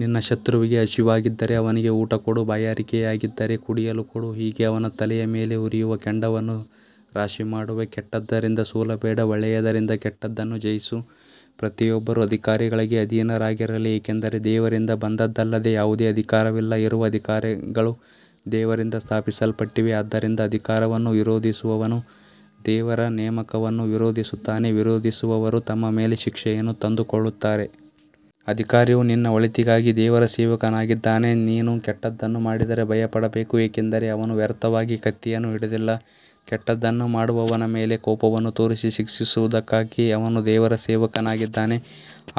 ನಿನ್ನ ಶತ್ರುವಿಗೆ ಹಸಿವಾಗಿದ್ದರೆ ಅವನಿಗೆ ಊಟಕೊಡು, ಬಾಯಾರಿಕೆಯಾಗಿದ್ದರೆ ಕುಡಿಯಲು ಕೊಡು, ಹೀಗೆ ಅವನ ತಲೆಯ ಮೇಲೆ ಉರಿಯುವ ಕೆಂಡವನ್ನು ರಾಶಿಮಾಡುವೆ. ಕೆಟ್ಟದ್ದರಿಂದ ಸೋಲಬೇಡ, ಒಳ್ಳೆಯದರಿಂದ ಕೆಟ್ಟದ್ದನ್ನು ಜಯಿಸು. ಪ್ರತಿಯೊಬ್ಬರೂ ಅಧಿಕಾರಿಗಳಿಗೆ ಅಧೀನರಾಗಿರಲಿ, ಏಕೆಂದರೆ ದೇವರಿಂದ ಬಂದದ್ದಲ್ಲದೆ ಯಾವುದೇ ಅಧಿಕಾರವಿಲ್ಲ, ಇರುವ ಅಧಿಕಾರಗಳು ದೇವರಿಂದ ಸ್ಥಾಪಿಸಲ್ಪಟ್ಟಿವೆ. ಆದ್ದರಿಂದ ಅಧಿಕಾರವನ್ನು ವಿರೋಧಿಸುವವನು ದೇವರ ನೇಮಕವನ್ನು ವಿರೋಧಿಸುತ್ತಾನೆ, ವಿರೋಧಿಸುವವರು ತಮ್ಮ ಮೇಲೆ ಶಿಕ್ಷೆಯನ್ನು ತಂದುಕೊಳ್ಳುತ್ತಾರೆ. ಅಧಿಕಾರಿಯು ನಿನ್ನ ಒಳಿತಿಗಾಗಿ ದೇವರ ಸೇವಕನಾಗಿದ್ದಾನೆ. ನೀನು ಕೆಟ್ಟದ್ದನ್ನು ಮಾಡಿದರೆ ಭಯಪಡಬೇಕು, ಏಕೆಂದರೆ ಅವನು ವ್ಯರ್ಥವಾಗಿ ಕತ್ತಿಯನ್ನು ಹಿಡಿದಿಲ್ಲ. ಕೆಟ್ಟದ್ದನ್ನು ಮಾಡುವವನ ಮೇಲೆ ಕೋಪವನ್ನು ತೋರಿಸಿ ಶಿಕ್ಷಿಸುವುದಕ್ಕಾಗಿ ಅವನು ದೇವರ ಸೇವಕನಾಗಿದ್ದಾನೆ.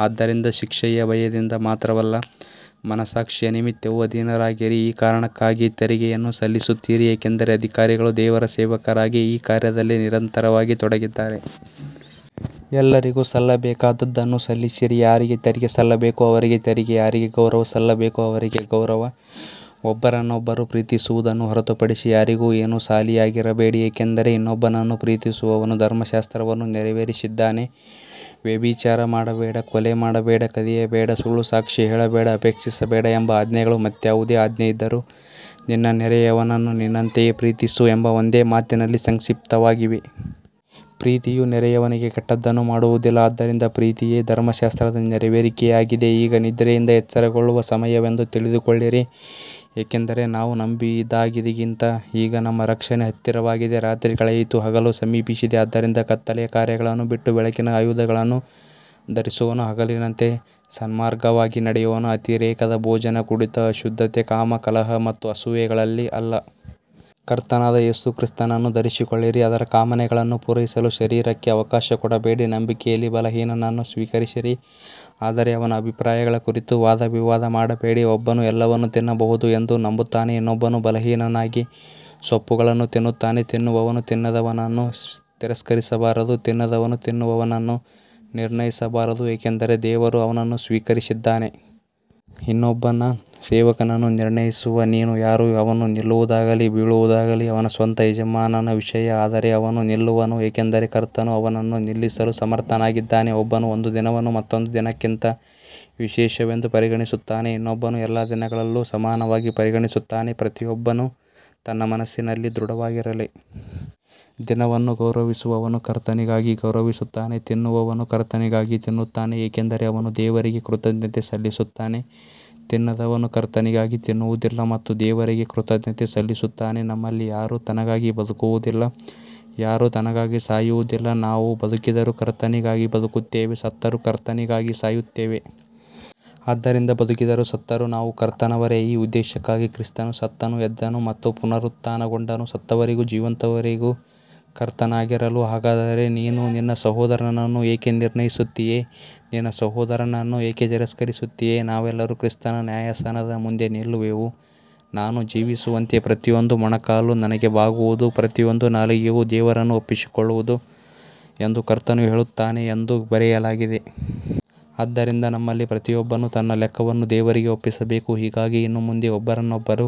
ಆದ್ದರಿಂದ ಶಿಕ್ಷೆಯ ಭಯದಿಂದ ಮಾತ್ರವಲ್ಲ, ಮನಸ್ಸಾಕ್ಷಿಯ ನಿಮಿತ್ತವೂ ಅಧೀನರಾಗಿರಿ. ಈ ಕಾರಣಕ್ಕಾಗಿ ತೆರಿಗೆಯನ್ನೂ ಸಲ್ಲಿಸುತ್ತೀರಿ, ಏಕೆಂದರೆ ಅಧಿಕಾರಿಗಳು ದೇವರ ಸೇವಕರಾಗಿ ಈ ಕಾರ್ಯದಲ್ಲೇ ನಿರಂತರವಾಗಿ ತೊಡಗಿದ್ದಾರೆ. ಎಲ್ಲರಿಗೂ ಸಲ್ಲಬೇಕಾದದ್ದನ್ನು ಸಲ್ಲಿಸಿರಿ, ಯಾರಿಗೆ ತೆರಿಗೆ ಸಲ್ಲಬೇಕೋ ಅವರಿಗೆ ತೆರಿಗೆ, ಯಾರಿಗೆ ಗೌರವ ಸಲ್ಲಬೇಕೋ ಅವರಿಗೆ ಗೌರವ. ಒಬ್ಬರನ್ನೊಬ್ಬರು ಪ್ರೀತಿಸುವುದನ್ನು ಹೊರತುಪಡಿಸಿ ಯಾರಿಗೂ ಏನೂ ಸಾಲಿಯಾಗಿರಬೇಡಿ, ಏಕೆಂದರೆ ಇನ್ನೊಬ್ಬನನ್ನು ಪ್ರೀತಿಸುವವನು ಧರ್ಮಶಾಸ್ತ್ರವನ್ನು ನೆರವೇರಿಸಿದ್ದಾನೆ. ವ್ಯಭಿಚಾರ ಮಾಡಬೇಡ, ಕೊಲೆ ಮಾಡಬೇಡ, ಕದಿಯಬೇಡ, ಸುಳ್ಳು ಸಾಕ್ಷಿ ಹೇಳಬೇಡ, ಅಪೇಕ್ಷಿಸಬೇಡ ಎಂಬ ಆಜ್ಞೆಗಳೂ ಮತ್ತಾವುದೇ ಆಜ್ಞೆಯಿದ್ದರೂ, ನಿನ್ನ ನೆರೆಯವನನ್ನು ನಿನ್ನಂತೆಯೇ ಪ್ರೀತಿಸು ಎಂಬ ಒಂದೇ ಮಾತಿನಲ್ಲಿ ಸಂಕ್ಷಿಪ್ತವಾಗಿವೆ. ಪ್ರೀತಿಯು ನೆರೆಯವನಿಗೆ ಕೆಟ್ಟದ್ದನ್ನು ಮಾಡುವುದಿಲ್ಲ, ಆದ್ದರಿಂದ ಪ್ರೀತಿಯೇ ಧರ್ಮಶಾಸ್ತ್ರದ ನೆರವೇರಿಕೆಯಾಗಿದೆ. ಈಗ ನಿದ್ರೆಯಿಂದ ಎಚ್ಚರಗೊಳ್ಳುವ ಸಮಯವೆಂದು ತಿಳಿದುಕೊಳ್ಳಿರಿ, ಏಕೆಂದರೆ ನಾವು ನಂಬಿದಾಗಿಗಿಂತ ಈಗ ನಮ್ಮ ರಕ್ಷಣೆ ಹತ್ತಿರವಾಗಿದೆ. ರಾತ್ರಿ ಕಳೆಯಿತು, ಹಗಲು ಸಮೀಪಿಸಿದೆ. ಆದ್ದರಿಂದ ಕತ್ತಲೆಯ ಕಾರ್ಯಗಳನ್ನು ಬಿಟ್ಟು ಬೆಳಕಿನ ಆಯುಧಗಳನ್ನು ಧರಿಸೋಣ. ಹಗಲಿನಂತೆ ಸನ್ಮಾರ್ಗವಾಗಿ ನಡೆಯೋಣ, ಅತಿರೇಕದ ಭೋಜನ, ಕುಡಿತ, ಅಶುದ್ಧತೆ, ಕಾಮ, ಕಲಹ ಮತ್ತು ಅಸೂಯೆಗಳಲ್ಲಿ ಅಲ್ಲ. ಕರ್ತನಾದ ಯೇಸು ಕ್ರಿಸ್ತನನ್ನು ಧರಿಸಿಕೊಳ್ಳಿರಿ, ಅದರ ಕಾಮನೆಗಳನ್ನು ಪೂರೈಸಲು ಶರೀರಕ್ಕೆ ಅವಕಾಶ ಕೊಡಬೇಡಿ. ನಂಬಿಕೆಯಲ್ಲಿ ಬಲಹೀನನನ್ನು ಸ್ವೀಕರಿಸಿರಿ, ಆದರೆ ಅವನ ಅಭಿಪ್ರಾಯಗಳ ಕುರಿತು ವಾದವಿವಾದ ಮಾಡಬೇಡಿ. ಒಬ್ಬನು ಎಲ್ಲವನ್ನೂ ತಿನ್ನಬಹುದು ಎಂದು ನಂಬುತ್ತಾನೆ, ಇನ್ನೊಬ್ಬನು ಬಲಹೀನನಾಗಿ ಸೊಪ್ಪುಗಳನ್ನು ತಿನ್ನುತ್ತಾನೆ. ತಿನ್ನುವವನು ತಿನ್ನದವನನ್ನು ತಿರಸ್ಕರಿಸಬಾರದು, ತಿನ್ನದವನು ತಿನ್ನುವವನನ್ನು ನಿರ್ಣಯಿಸಬಾರದು, ಏಕೆಂದರೆ ದೇವರು ಅವನನ್ನು ಸ್ವೀಕರಿಸಿದ್ದಾನೆ. ಇನ್ನೊಬ್ಬನ ಸೇವಕನನ್ನು ನಿರ್ಣಯಿಸುವ ನೀನು ಯಾರು. ಅವನು ನಿಲ್ಲುವುದಾಗಲಿ ಬೀಳುವುದಾಗಲಿ ಅವನ ಸ್ವಂತ ಯಜಮಾನನ ವಿಷಯ, ಆದರೆ ಅವನು ನಿಲ್ಲುವನು, ಏಕೆಂದರೆ ಕರ್ತನು ಅವನನ್ನು ನಿಲ್ಲಿಸಲು ಸಮರ್ಥನಾಗಿದ್ದಾನೆ. ಒಬ್ಬನು ಒಂದು ದಿನವನ್ನು ಮತ್ತೊಂದು ದಿನಕ್ಕಿಂತ ವಿಶೇಷವೆಂದು ಪರಿಗಣಿಸುತ್ತಾನೆ, ಇನ್ನೊಬ್ಬನು ಎಲ್ಲ ದಿನಗಳನ್ನೂ ಸಮಾನವಾಗಿ ಪರಿಗಣಿಸುತ್ತಾನೆ. ಪ್ರತಿಯೊಬ್ಬನು ತನ್ನ ಮನಸ್ಸಿನಲ್ಲಿ ದೃಢವಾಗಿರಲಿ. ದಿನವನ್ನು ಗೌರವಿಸುವವನು ಕರ್ತನಿಗಾಗಿ ಗೌರವಿಸುತ್ತಾನೆ. ತಿನ್ನುವವನು ಕರ್ತನಿಗಾಗಿ ತಿನ್ನುತ್ತಾನೆ, ಏಕೆಂದರೆ ಅವನು ದೇವರಿಗೆ ಕೃತಜ್ಞತೆ ಸಲ್ಲಿಸುತ್ತಾನೆ. ತಿನ್ನದವನೂ ಕರ್ತನಿಗಾಗಿ ತಿನ್ನುವುದಿಲ್ಲ ಮತ್ತು ದೇವರಿಗೆ ಕೃತಜ್ಞತೆ ಸಲ್ಲಿಸುತ್ತಾನೆ. ನಮ್ಮಲ್ಲಿ ಯಾರೂ ತನಗಾಗಿ ಬದುಕುವುದಿಲ್ಲ, ಯಾರೂ ತನಗಾಗಿ ಸಾಯುವುದಿಲ್ಲ. ನಾವು ಬದುಕಿದರೂ ಕರ್ತನಿಗಾಗಿ ಬದುಕುತ್ತೇವೆ, ಸತ್ತರೂ ಕರ್ತನಿಗಾಗಿ ಸಾಯುತ್ತೇವೆ. ಆದ್ದರಿಂದ ಬದುಕಿದರೂ ಸತ್ತರೂ ನಾವು ಕರ್ತನವರೇ. ಈ ಉದ್ದೇಶಕ್ಕಾಗಿ ಕ್ರಿಸ್ತನು ಸತ್ತನು, ಎದ್ದನು ಮತ್ತು ಪುನರುತ್ಥಾನಗೊಂಡನು, ಸತ್ತವರಿಗೂ ಜೀವಂತರಿಗೂ ಕರ್ತನಾಗಿರಲು. ಹಾಗಾದರೆ ನೀನು ನಿನ್ನ ಸಹೋದರನನ್ನು ಏಕೆ ನಿರ್ಣಯಿಸುತ್ತೀಯೆ, ನಿನ್ನ ಸಹೋದರನನ್ನು ಏಕೆ ತಿರಸ್ಕರಿಸುತ್ತೀಯೆ. ನಾವೆಲ್ಲರೂ ಕ್ರಿಸ್ತನ ನ್ಯಾಯಾಸನದ ಮುಂದೆ ನಿಲ್ಲುವೆವು. ನಾನು ಜೀವಿಸುವಂತೆ, ಪ್ರತಿಯೊಂದು ಮೊಣಕಾಲು ನನಗೆ ಬಾಗುವುದು, ಪ್ರತಿಯೊಂದು ನಾಲಿಗೆಯೂ ದೇವರನ್ನು ಒಪ್ಪಿಕೊಳ್ಳುವುದು ಎಂದು ಕರ್ತನು ಹೇಳುತ್ತಾನೆ ಎಂದು ಬರೆಯಲಾಗಿದೆ. ಆದ್ದರಿಂದ ನಮ್ಮಲ್ಲಿ ಪ್ರತಿಯೊಬ್ಬನು ತನ್ನ ಲೆಕ್ಕವನ್ನು ದೇವರಿಗೆ ಒಪ್ಪಿಸಬೇಕು. ಹೀಗಾಗಿ ಇನ್ನು ಮುಂದೆ ಒಬ್ಬರನ್ನೊಬ್ಬರು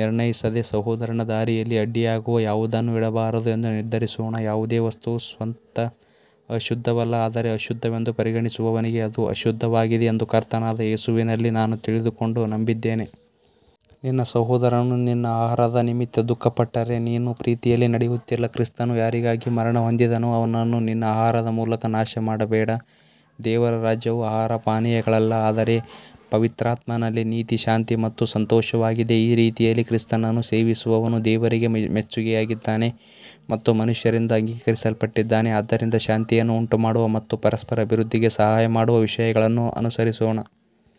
ನಿರ್ಣಯಿಸದೆ, ಸಹೋದರನ ದಾರಿಯಲ್ಲಿ ಅಡ್ಡಿಯಾಗುವ ಯಾವುದನ್ನೂ ಇಡಬಾರದು ಎಂದು ನಿರ್ಧರಿಸೋಣ. ಯಾವುದೇ ವಸ್ತುವೂ ಸ್ವತಃ ಅಶುದ್ಧವಲ್ಲ, ಆದರೆ ಅಶುದ್ಧವೆಂದು ಪರಿಗಣಿಸುವವನಿಗೆ ಅದು ಅಶುದ್ಧವಾಗಿದೆ ಎಂದು ಕರ್ತನಾದ ಯೇಸುವಿನಲ್ಲಿ ನಾನು ತಿಳಿದುಕೊಂಡು ನಂಬಿದ್ದೇನೆ. ನಿನ್ನ ಸಹೋದರನು ನಿನ್ನ ಆಹಾರದ ನಿಮಿತ್ತ ದುಃಖಪಟ್ಟರೆ, ನೀನು ಪ್ರೀತಿಯಲ್ಲಿ ನಡೆಯುತ್ತಿಲ್ಲ. ಕ್ರಿಸ್ತನು ಯಾರಿಗಾಗಿ ಮರಣಹೊಂದಿದನೋ, ಅವನನ್ನು ನಿನ್ನ ಆಹಾರದ ಮೂಲಕ ನಾಶಮಾಡಬೇಡ. ದೇವರ ರಾಜ್ಯವು ಆಹಾರಪಾನೀಯಗಳಲ್ಲ, ಆದರೆ ಪವಿತ್ರಾತ್ಮನಲ್ಲಿ ನೀತಿ, ಶಾಂತಿ ಮತ್ತು ಸಂತೋಷವಾಗಿದೆ. ಈ ರೀತಿಯಲ್ಲಿ ಕ್ರಿಸ್ತನನ್ನು ಸೇವಿಸುವವನು ದೇವರಿಗೆ ಮೆಚ್ಚುಗೆಯಾಗಿದ್ದಾನೆ ಮತ್ತು ಮನುಷ್ಯರಿಂದ ಅಂಗೀಕರಿಸಲ್ಪಟ್ಟಿದ್ದಾನೆ. ಆದ್ದರಿಂದ ಶಾಂತಿಯನ್ನು ಉಂಟುಮಾಡುವ ಮತ್ತು ಪರಸ್ಪರ ಅಭಿವೃದ್ಧಿಗೆ ಸಹಾಯಮಾಡುವ ವಿಷಯಗಳನ್ನು ಅನುಸರಿಸೋಣ.